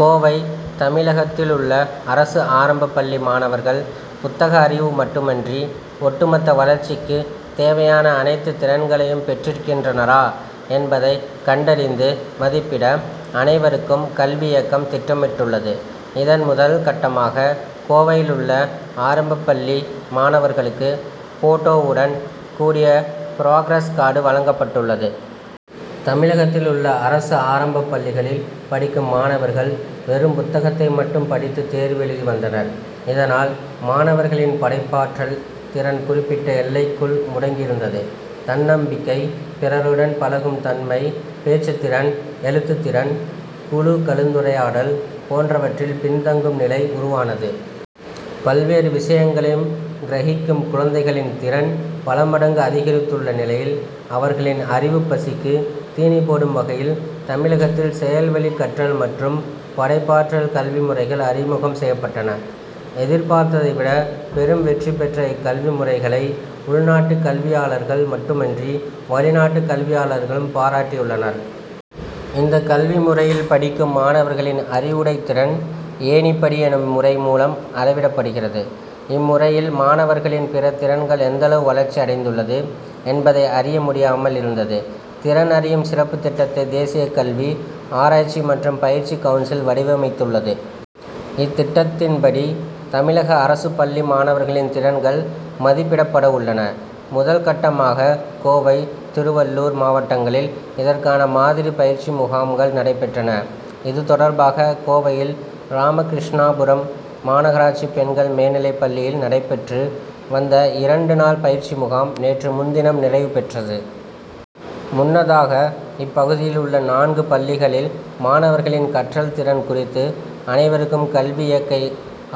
கோவை தமிழகத்திலுள்ள அரசு ஆரம்பப் பள்ளி மாணவர்கள் புத்தக அறிவு மட்டுமன்றி, ஒட்டுமொத்த வளர்ச்சிக்குத் தேவையான அனைத்து திறன்களையும் பெற்றிருக்கின்றனரா, என்பதை கண்டறிந்து மதிப்பிட, அனைவருக்கும் கல்வி இயக்கம் திட்டமிட்டுள்ளது. இதன் முதல் கட்டமாக, கோவையிலுள்ள ஆரம்பப்பள்ளி மாணவர்களுக்கு போட்டோவுடன் கூடிய புராகிரஸ் கார்டு வழங்கப்பட்டுள்ளது. தமிழகத்தில் உள்ள அரசு ஆரம்பப்பள்ளிகளில் படிக்கும் மாணவர்கள் வெறும் புத்தகத்தை மட்டும் படித்து தேர்வு எழுதி வந்தனர். இதனால், மாணவர்களின் படைப்பாற்றல் திறன் குறிப்பிட்ட எல்லைக்குள் முடங்கியிருந்தது. தன்னம்பிக்கை, பிறருடன் பழகும் தன்மை, பேச்சுத் திறன், எழுத்துத் திறன், குழு கலந்துரையாடல் போன்றவற்றில் பின்தங்கும் நிலை உருவானது. பல்வேறு விஷயங்களையும் கிரகிக்கும் குழந்தைகளின் திறன் பலமடங்கு அதிகரித்துள்ள நிலையில், அவர்களின் அறிவுப்பசிக்கு தீனி போடும் வகையில் தமிழகத்தில் செயல்வழிக் கற்றல் மற்றும் படைப்பாற்றல் கல்வி முறைகள் அறிமுகம் செய்யப்பட்டன. எதிர்பார்த்ததை விட பெரும் வெற்றி பெற்ற இக்கல்வி முறைகளை, உள்நாட்டு கல்வியாளர்கள் மட்டுமின்றி வெளிநாட்டு கல்வியாளர்களும் பாராட்டியுள்ளனர். இந்த கல்வி முறையில் படிக்கும் மாணவர்களின் அறிவுடைத்திறன் ஏணிப்படி எனும் முறை மூலம் அளவிடப்படுகிறது. இம்முறையில் மாணவர்களின் பிற திறன்கள் எந்தளவு வளர்ச்சி அடைந்துள்ளது, என்பதை அறிய முடியாமல் இருந்தது. திறன் அறியும் சிறப்புத் திட்டத்தை தேசியக் கல்வி, ஆராய்ச்சி மற்றும் பயிற்சி கவுன்சில் வடிவமைத்துள்ளது. இத்திட்டத்தின்படி, தமிழக அரசுப் பள்ளி மாணவர்களின் திறன்கள் மதிப்பிடப்படவுள்ளன. முதல் கட்டமாக கோவை, திருவள்ளூர் மாவட்டங்களில் இதற்கான மாதிரி பயிற்சி முகாம்கள் நடைபெற்றன. இது தொடர்பாக கோவையில் ராமகிருஷ்ணாபுரம் மாநகராட்சி பெண்கள் மேல்நிலைப்பள்ளியில் நடைபெற்று வந்த இரண்டு நாள் பயிற்சி முகாம் நேற்று முன்தினம் நிறைவு பெற்றது. முன்னதாக இப்பகுதியில் உள்ள நான்கு பள்ளிகளில் மாணவர்களின் கற்றல் திறன் குறித்து அனைவருக்கும் கல்வி இயக்க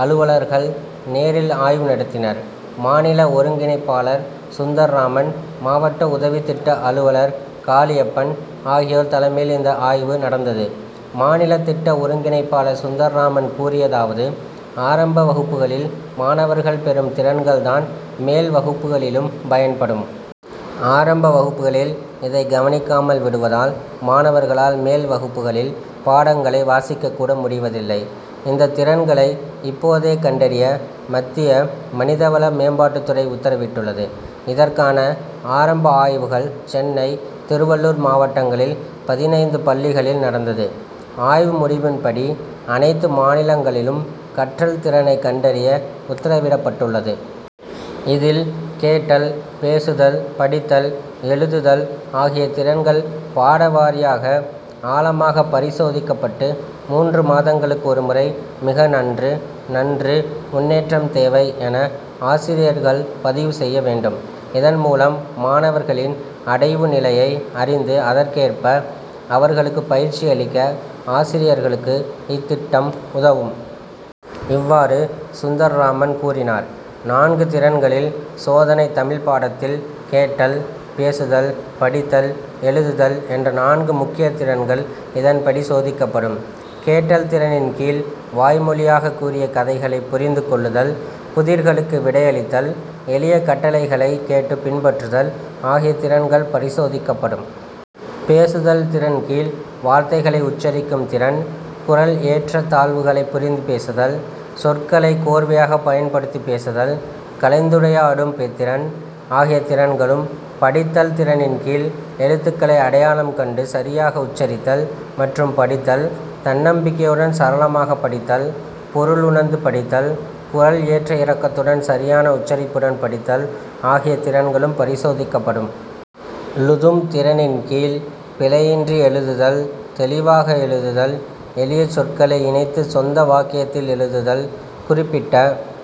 அலுவலர்கள் நேரில் ஆய்வு நடத்தினர். மாநில ஒருங்கிணைப்பாளர் சுந்தர்ராமன், மாவட்ட உதவி திட்ட அலுவலர் காளியப்பன் ஆகியோர் தலைமையில் இந்த ஆய்வு நடந்தது. மாநில திட்ட ஒருங்கிணைப்பாளர் சுந்தர்ராமன் கூறியதாவது ஆரம்ப வகுப்புகளில் மாணவர்கள் பெறும் திறன்கள்தான் மேல்வகுப்புகளிலும் பயன்படும். ஆரம்ப வகுப்புகளில் இதை கவனிக்காமல் விடுவதால் மாணவர்களால் மேல் வகுப்புகளில் பாடங்களை வாசிக்கக் கூட முடிவதில்லை. இந்த திறன்களை இப்போதே கண்டறிய மத்திய மனிதவள மேம்பாட்டுத்துறை உத்தரவிட்டுள்ளது. இதற்கான ஆரம்ப ஆய்வுகள் சென்னை, திருவளளூர் மாவட்டங்களில் பதினைந்து பள்ளிகளில் நடந்தது. ஆய்வு முடிவின்படி அனைத்து மாநிலங்களிலும் கற்றல் திறனை கண்டறிய உத்தரவிடப்பட்டுள்ளது. இதில் கேட்டல், பேசுதல், படித்தல், எழுதுதல் ஆகிய திறன்கள் பாடவாரியாக ஆழமாக பரிசோதிக்கப்பட்டு மூன்று மாதங்களுக்கு ஒருமுறை மிக நன்று, நன்று, முன்னேற்றம் தேவை என ஆசிரியர்கள் பதிவு செய்ய வேண்டும். இதன் மூலம் மாணவர்களின் அடைவு நிலையை அறிந்து அதற்கேற்ப அவர்களுக்கு பயிற்சி அளிக்க ஆசிரியர்களுக்கு இத்திட்டம் உதவும். இவ்வாறு, சுந்தர்ராமன் கூறினார். நான்கு திறன்களில் சோதனை தமிழ் பாடத்தில் கேட்டல், பேசுதல், படித்தல், எழுதுதல் என்ற நான்கு முக்கிய திறன்கள் இதன்படி சோதிக்கப்படும். கேட்டல் திறனின் கீழ், வாய்மொழியாக கூறிய கதைகளை புரிந்து கொள்ளுதல், புதிர்களுக்கு விடையளித்தல், எளிய கட்டளைகளை கேட்டு பின்பற்றுதல் ஆகிய திறன்கள் பரிசோதிக்கப்படும். பேசுதல் திறன் கீழ், வார்த்தைகளை உச்சரிக்கும் திறன், குரல் ஏற்ற தாழ்வுகளை புரிந்து பேசுதல், சொற்களை கோர்வையாக பயன்படுத்தி பேசுதல், கலந்துரையாடும் திறன் ஆகிய திறன்களும், படித்தல் திறனின் கீழ், எழுத்துக்களை அடையாளம் கண்டு சரியாக உச்சரித்தல் மற்றும் படித்தல், தன்னம்பிக்கையுடன் சரளமாக படித்தல், பொருள் உணர்ந்து படித்தல், குரல் ஏற்ற இறக்கத்துடன் சரியான உச்சரிப்புடன் படித்தல் ஆகிய திறன்களும் பரிசோதிக்கப்படும். எழுதும் திறனின் கீழ், பிழையின்றி எழுதுதல், தெளிவாக எழுதுதல், எளிய சொற்களை இணைத்து சொந்த வாக்கியத்தில் எழுதுதல், குறிப்பிட்ட